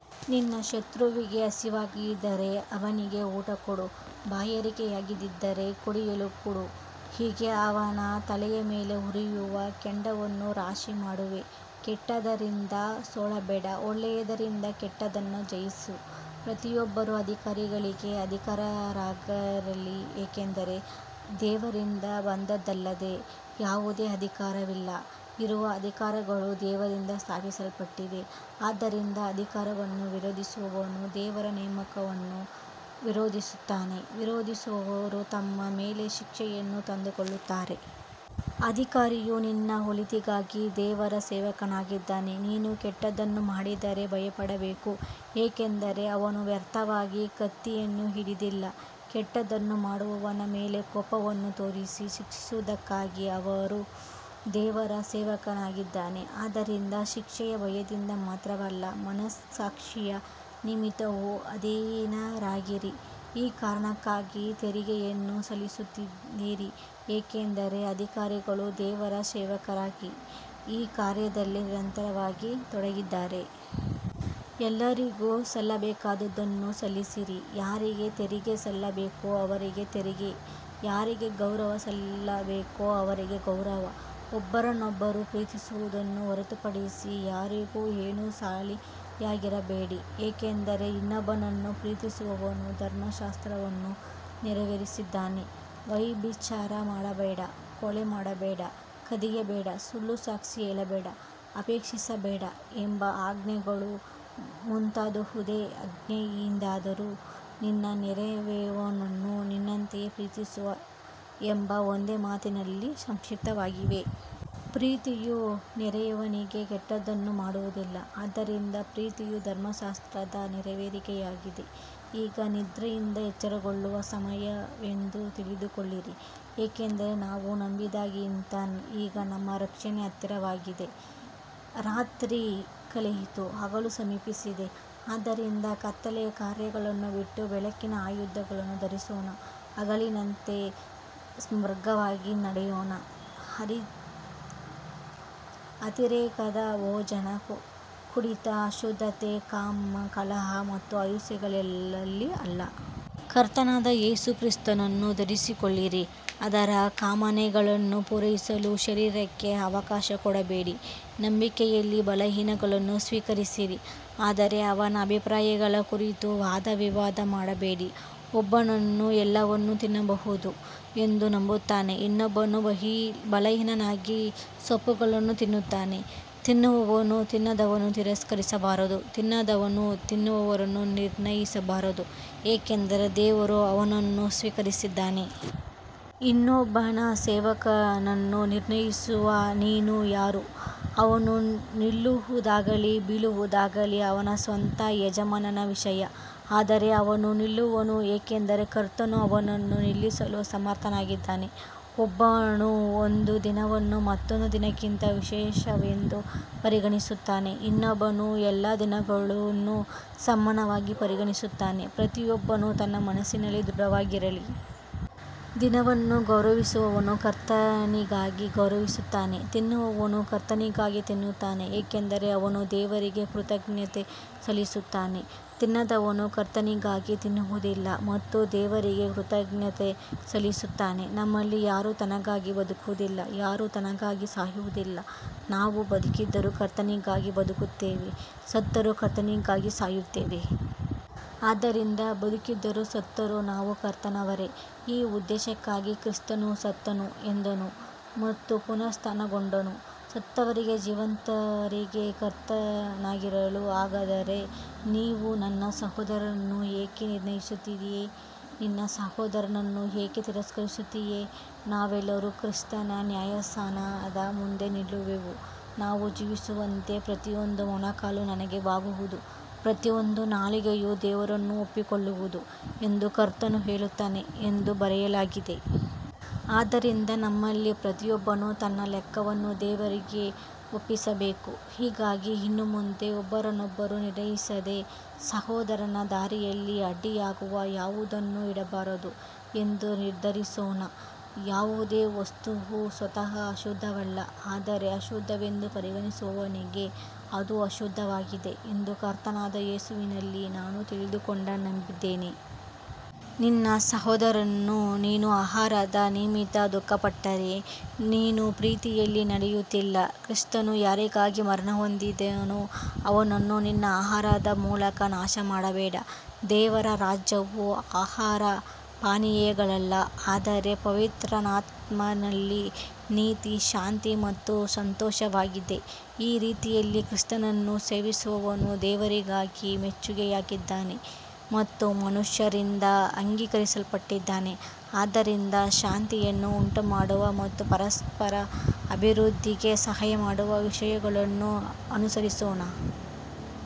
ನಿನ್ನ ಶತ್ರುವಿಗೆ ಹಸಿವಾಗಿದ್ದರೆ ಅವನಿಗೆ ಊಟಕೊಡು, ಬಾಯಾರಿಕೆಯಾಗಿದ್ದರೆ ಕುಡಿಯಲು ಕೊಡು, ಹೀಗೆ ಅವನ ತಲೆಯ ಮೇಲೆ ಉರಿಯುವ ಕೆಂಡವನ್ನು ರಾಶಿಮಾಡುವೆ. ಕೆಟ್ಟದ್ದರಿಂದ ಸೋಲಬೇಡ, ಒಳ್ಳೆಯದರಿಂದ ಕೆಟ್ಟದ್ದನ್ನು ಜಯಿಸು. ಪ್ರತಿಯೊಬ್ಬರೂ ಅಧಿಕಾರಿಗಳಿಗೆ ಅಧೀನರಾಗಿರಲಿ, ಏಕೆಂದರೆ ದೇವರಿಂದ ಬಂದದ್ದಲ್ಲದೆ ಯಾವುದೇ ಅಧಿಕಾರವಿಲ್ಲ, ಇರುವ ಅಧಿಕಾರಗಳು ದೇವರಿಂದ ಸ್ಥಾಪಿಸಲ್ಪಟ್ಟಿವೆ. ಆದ್ದರಿಂದ ಅಧಿಕಾರವನ್ನು ವಿರೋಧಿಸುವವನು ದೇವರ ನೇಮಕವನ್ನು ವಿರೋಧಿಸುತ್ತಾನೆ, ವಿರೋಧಿಸುವವರು ತಮ್ಮ ಮೇಲೆ ಶಿಕ್ಷೆಯನ್ನು ತಂದುಕೊಳ್ಳುತ್ತಾರೆ. ಅಧಿಕಾರಿಯು ನಿನ್ನ ಒಳಿತಿಗಾಗಿ ದೇವರ ಸೇವಕನಾಗಿದ್ದಾನೆ. ನೀನು ಕೆಟ್ಟದ್ದನ್ನು ಮಾಡಿದರೆ ಭಯಪಡಬೇಕು, ಏಕೆಂದರೆ ಅವನು ವ್ಯರ್ಥವಾಗಿ ಕತ್ತಿಯನ್ನು ಹಿಡಿದಿಲ್ಲ. ಕೆಟ್ಟದ್ದನ್ನು ಮಾಡುವವನ ಮೇಲೆ ಕೋಪವನ್ನು ತೋರಿಸಿ ಶಿಕ್ಷಿಸುವುದಕ್ಕಾಗಿ ಅವನು ದೇವರ ಸೇವಕನಾಗಿದ್ದಾನೆ. ಆದ್ದರಿಂದ ಶಿಕ್ಷೆಯ ಭಯದಿಂದ ಮಾತ್ರವಲ್ಲ, ಮನಸ್ಸಾಕ್ಷಿಯ ನಿಮಿತ್ತವೂ ಅಧೀನರಾಗಿರಿ. ಈ ಕಾರಣಕ್ಕಾಗಿ ತೆರಿಗೆಯನ್ನೂ ಸಲ್ಲಿಸುತ್ತೀರಿ, ಏಕೆಂದರೆ ಅಧಿಕಾರಿಗಳು ದೇವರ ಸೇವಕರಾಗಿ ಈ ಕಾರ್ಯದಲ್ಲೇ ನಿರಂತರವಾಗಿ ತೊಡಗಿದ್ದಾರೆ. ಎಲ್ಲರಿಗೂ ಸಲ್ಲಬೇಕಾದದ್ದನ್ನು ಸಲ್ಲಿಸಿರಿ, ಯಾರಿಗೆ ತೆರಿಗೆ ಸಲ್ಲಬೇಕೋ ಅವರಿಗೆ ತೆರಿಗೆ, ಯಾರಿಗೆ ಗೌರವ ಸಲ್ಲಬೇಕೋ ಅವರಿಗೆ ಗೌರವ. ಒಬ್ಬರನ್ನೊಬ್ಬರು ಪ್ರೀತಿಸುವುದನ್ನು ಹೊರತುಪಡಿಸಿ ಯಾರಿಗೂ ಏನೂ ಸಾಲಿಯಾಗಿರಬೇಡಿ, ಏಕೆಂದರೆ ಇನ್ನೊಬ್ಬನನ್ನು ಪ್ರೀತಿಸುವವನು ಧರ್ಮಶಾಸ್ತ್ರವನ್ನು ನೆರವೇರಿಸಿದ್ದಾನೆ. ವ್ಯಭಿಚಾರ ಮಾಡಬೇಡ, ಕೊಲೆ ಮಾಡಬೇಡ, ಕದಿಯಬೇಡ, ಸುಳ್ಳು ಸಾಕ್ಷಿ ಹೇಳಬೇಡ, ಅಪೇಕ್ಷಿಸಬೇಡ ಎಂಬ ಆಜ್ಞೆಗಳೂ ಮತ್ತಾವುದೇ ಆಜ್ಞೆಯಿದ್ದರೂ, ನಿನ್ನ ನೆರೆಯವನನ್ನು ನಿನ್ನಂತೆಯೇ ಪ್ರೀತಿಸು ಎಂಬ ಒಂದೇ ಮಾತಿನಲ್ಲಿ ಸಂಕ್ಷಿಪ್ತವಾಗಿವೆ. ಪ್ರೀತಿಯು ನೆರೆಯವನಿಗೆ ಕೆಟ್ಟದ್ದನ್ನು ಮಾಡುವುದಿಲ್ಲ, ಆದ್ದರಿಂದ ಪ್ರೀತಿಯೇ ಧರ್ಮಶಾಸ್ತ್ರದ ನೆರವೇರಿಕೆಯಾಗಿದೆ. ಈಗ ನಿದ್ರೆಯಿಂದ ಎಚ್ಚರಗೊಳ್ಳುವ ಸಮಯವೆಂದು ತಿಳಿದುಕೊಳ್ಳಿರಿ, ಏಕೆಂದರೆ ನಾವು ನಂಬಿದಾಗಿಗಿಂತ ಈಗ ನಮ್ಮ ರಕ್ಷಣೆ ಹತ್ತಿರವಾಗಿದೆ. ರಾತ್ರಿ ಕಳೆಯಿತು, ಹಗಲು ಸಮೀಪಿಸಿದೆ. ಆದ್ದರಿಂದ ಕತ್ತಲೆಯ ಕಾರ್ಯಗಳನ್ನು ಬಿಟ್ಟು ಬೆಳಕಿನ ಆಯುಧಗಳನ್ನು ಧರಿಸೋಣ. ಹಗಲಿನಂತೆ ಸನ್ಮಾರ್ಗವಾಗಿ ನಡೆಯೋಣ, ಅತಿರೇಕದ ಭೋಜನ, ಕುಡಿತ, ಅಶುದ್ಧತೆ, ಕಾಮ, ಕಲಹ ಮತ್ತು ಅಸೂಯೆಗಳಲ್ಲಿ ಅಲ್ಲ. ಕರ್ತನಾದ ಯೇಸು ಕ್ರಿಸ್ತನನ್ನು ಧರಿಸಿಕೊಳ್ಳಿರಿ, ಅದರ ಕಾಮನೆಗಳನ್ನು ಪೂರೈಸಲು ಶರೀರಕ್ಕೆ ಅವಕಾಶ ಕೊಡಬೇಡಿ. ನಂಬಿಕೆಯಲ್ಲಿ ಬಲಹೀನನನ್ನು ಸ್ವೀಕರಿಸಿರಿ, ಆದರೆ ಅವನ ಅಭಿಪ್ರಾಯಗಳ ಕುರಿತು ವಾದವಿವಾದ ಮಾಡಬೇಡಿ. ಒಬ್ಬನು ಎಲ್ಲವನ್ನೂ ತಿನ್ನಬಹುದು ಎಂದು ನಂಬುತ್ತಾನೆ, ಇನ್ನೊಬ್ಬನು ಬಲಹೀನನಾಗಿ ಸೊಪ್ಪುಗಳನ್ನು ತಿನ್ನುತ್ತಾನೆ. ತಿನ್ನುವವನು ತಿನ್ನದವನನ್ನು ತಿರಸ್ಕರಿಸಬಾರದು, ತಿನ್ನದವನು ತಿನ್ನುವವನನ್ನು ನಿರ್ಣಯಿಸಬಾರದು, ಏಕೆಂದರೆ ದೇವರು ಅವನನ್ನು ಸ್ವೀಕರಿಸಿದ್ದಾನೆ. ಇನ್ನೊಬ್ಬನ ಸೇವಕನನ್ನು ನಿರ್ಣಯಿಸುವ ನೀನು ಯಾರು. ಅವನು ನಿಲ್ಲುವುದಾಗಲಿ ಬೀಳುವುದಾಗಲಿ ಅವನ ಸ್ವಂತ ಯಜಮಾನನ ವಿಷಯ, ಆದರೆ ಅವನು ನಿಲ್ಲುವನು, ಏಕೆಂದರೆ ಕರ್ತನು ಅವನನ್ನು ನಿಲ್ಲಿಸಲು ಸಮರ್ಥನಾಗಿದ್ದಾನೆ. ಒಬ್ಬನು ಒಂದು ದಿನವನ್ನು ಮತ್ತೊಂದು ದಿನಕ್ಕಿಂತ ವಿಶೇಷವೆಂದು ಪರಿಗಣಿಸುತ್ತಾನೆ, ಇನ್ನೊಬ್ಬನು ಎಲ್ಲ ದಿನಗಳನ್ನೂ ಸಮಾನವಾಗಿ ಪರಿಗಣಿಸುತ್ತಾನೆ. ಪ್ರತಿಯೊಬ್ಬನು ತನ್ನ ಮನಸ್ಸಿನಲ್ಲಿ ದೃಢವಾಗಿರಲಿ. ದಿನವನ್ನು ಗೌರವಿಸುವವನು ಕರ್ತನಿಗಾಗಿ ಗೌರವಿಸುತ್ತಾನೆ. ತಿನ್ನುವವನು ಕರ್ತನಿಗಾಗಿ ತಿನ್ನುತ್ತಾನೆ, ಏಕೆಂದರೆ ಅವನು ದೇವರಿಗೆ ಕೃತಜ್ಞತೆ ಸಲ್ಲಿಸುತ್ತಾನೆ. ತಿನ್ನದವನೂ ಕರ್ತನಿಗಾಗಿ ತಿನ್ನುವುದಿಲ್ಲ ಮತ್ತು ದೇವರಿಗೆ ಕೃತಜ್ಞತೆ ಸಲ್ಲಿಸುತ್ತಾನೆ. ನಮ್ಮಲ್ಲಿ ಯಾರೂ ತನಗಾಗಿ ಬದುಕುವುದಿಲ್ಲ, ಯಾರೂ ತನಗಾಗಿ ಸಾಯುವುದಿಲ್ಲ. ನಾವು ಬದುಕಿದರೂ ಕರ್ತನಿಗಾಗಿ ಬದುಕುತ್ತೇವೆ, ಸತ್ತರೂ ಕರ್ತನಿಗಾಗಿ ಸಾಯುತ್ತೇವೆ. ಆದ್ದರಿಂದ ಬದುಕಿದರೂ ಸತ್ತರೂ ನಾವು ಕರ್ತನವರೇ. ಈ ಉದ್ದೇಶಕ್ಕಾಗಿ ಕ್ರಿಸ್ತನು ಸತ್ತನು, ಎದ್ದನು ಮತ್ತು ಪುನರುತ್ಥಾನಗೊಂಡನು, ಸತ್ತವರಿಗೂ ಜೀವಂತರಿಗೂ ಕರ್ತನಾಗಿರಲು. ಹಾಗಾದರೆ ನೀನು ನಿನ್ನ ಸಹೋದರನನ್ನು ಏಕೆ ನಿರ್ಣಯಿಸುತ್ತೀಯೆ, ನಿನ್ನ ಸಹೋದರನನ್ನು ಏಕೆ ತಿರಸ್ಕರಿಸುತ್ತೀಯೆ. ನಾವೆಲ್ಲರೂ ಕ್ರಿಸ್ತನ ನ್ಯಾಯಾಸನದ ಮುಂದೆ ನಿಲ್ಲುವೆವು. ನಾನು ಜೀವಿಸುವಂತೆ, ಪ್ರತಿಯೊಂದು ಮೊಣಕಾಲು ನನಗೆ ಬಾಗುವುದು, ಪ್ರತಿಯೊಂದು ನಾಲಿಗೆಯೂ ದೇವರನ್ನು ಒಪ್ಪಿಕೊಳ್ಳುವುದು ಎಂದು ಕರ್ತನು ಹೇಳುತ್ತಾನೆ ಎಂದು ಬರೆಯಲಾಗಿದೆ. ಆದ್ದರಿಂದ ನಮ್ಮಲ್ಲಿ ಪ್ರತಿಯೊಬ್ಬನು ತನ್ನ ಲೆಕ್ಕವನ್ನು ದೇವರಿಗೆ ಒಪ್ಪಿಸಬೇಕು. ಹೀಗಾಗಿ ಇನ್ನು ಮುಂದೆ ಒಬ್ಬರನ್ನೊಬ್ಬರು ನಿರ್ಣಯಿಸದೆ, ಸಹೋದರನ ದಾರಿಯಲ್ಲಿ ಅಡ್ಡಿಯಾಗುವ ಯಾವುದನ್ನೂ ಇಡಬಾರದು ಎಂದು ನಿರ್ಧರಿಸೋಣ. ಯಾವುದೇ ವಸ್ತುವೂ ಸ್ವತಃ ಅಶುದ್ಧವಲ್ಲ, ಆದರೆ ಅಶುದ್ಧವೆಂದು ಪರಿಗಣಿಸುವವನಿಗೆ ಅದು ಅಶುದ್ಧವಾಗಿದೆ ಎಂದು ಕರ್ತನಾದ ಯೇಸುವಿನಲ್ಲಿ ನಾನು ತಿಳಿದುಕೊಂಡು ನಂಬಿದ್ದೇನೆ. ನಿನ್ನ ಸಹೋದರನು ನಿನ್ನ ಆಹಾರದ ನಿಮಿತ್ತ ದುಃಖಪಟ್ಟರೆ, ನೀನು ಪ್ರೀತಿಯಲ್ಲಿ ನಡೆಯುತ್ತಿಲ್ಲ. ಕ್ರಿಸ್ತನು ಯಾರಿಗಾಗಿ ಮರಣಹೊಂದಿದನೋ, ಅವನನ್ನು ನಿನ್ನ ಆಹಾರದ ಮೂಲಕ ನಾಶಮಾಡಬೇಡ. ದೇವರ ರಾಜ್ಯವು ಆಹಾರಪಾನೀಯಗಳಲ್ಲ, ಆದರೆ ಪವಿತ್ರಾತ್ಮನಲ್ಲಿ ನೀತಿ, ಶಾಂತಿ ಮತ್ತು ಸಂತೋಷವಾಗಿದೆ. ಈ ರೀತಿಯಲ್ಲಿ ಕ್ರಿಸ್ತನನ್ನು ಸೇವಿಸುವವನು ದೇವರಿಗೆ ಮೆಚ್ಚುಗೆಯಾಗಿದ್ದಾನೆ ಮತ್ತು ಮನುಷ್ಯರಿಂದ ಅಂಗೀಕರಿಸಲ್ಪಟ್ಟಿದ್ದಾನೆ. ಆದ್ದರಿಂದ ಶಾಂತಿಯನ್ನು ಉಂಟುಮಾಡುವ ಮತ್ತು ಪರಸ್ಪರ ಅಭಿವೃದ್ಧಿಗೆ ಸಹಾಯಮಾಡುವ ವಿಷಯಗಳನ್ನು ಅನುಸರಿಸೋಣ.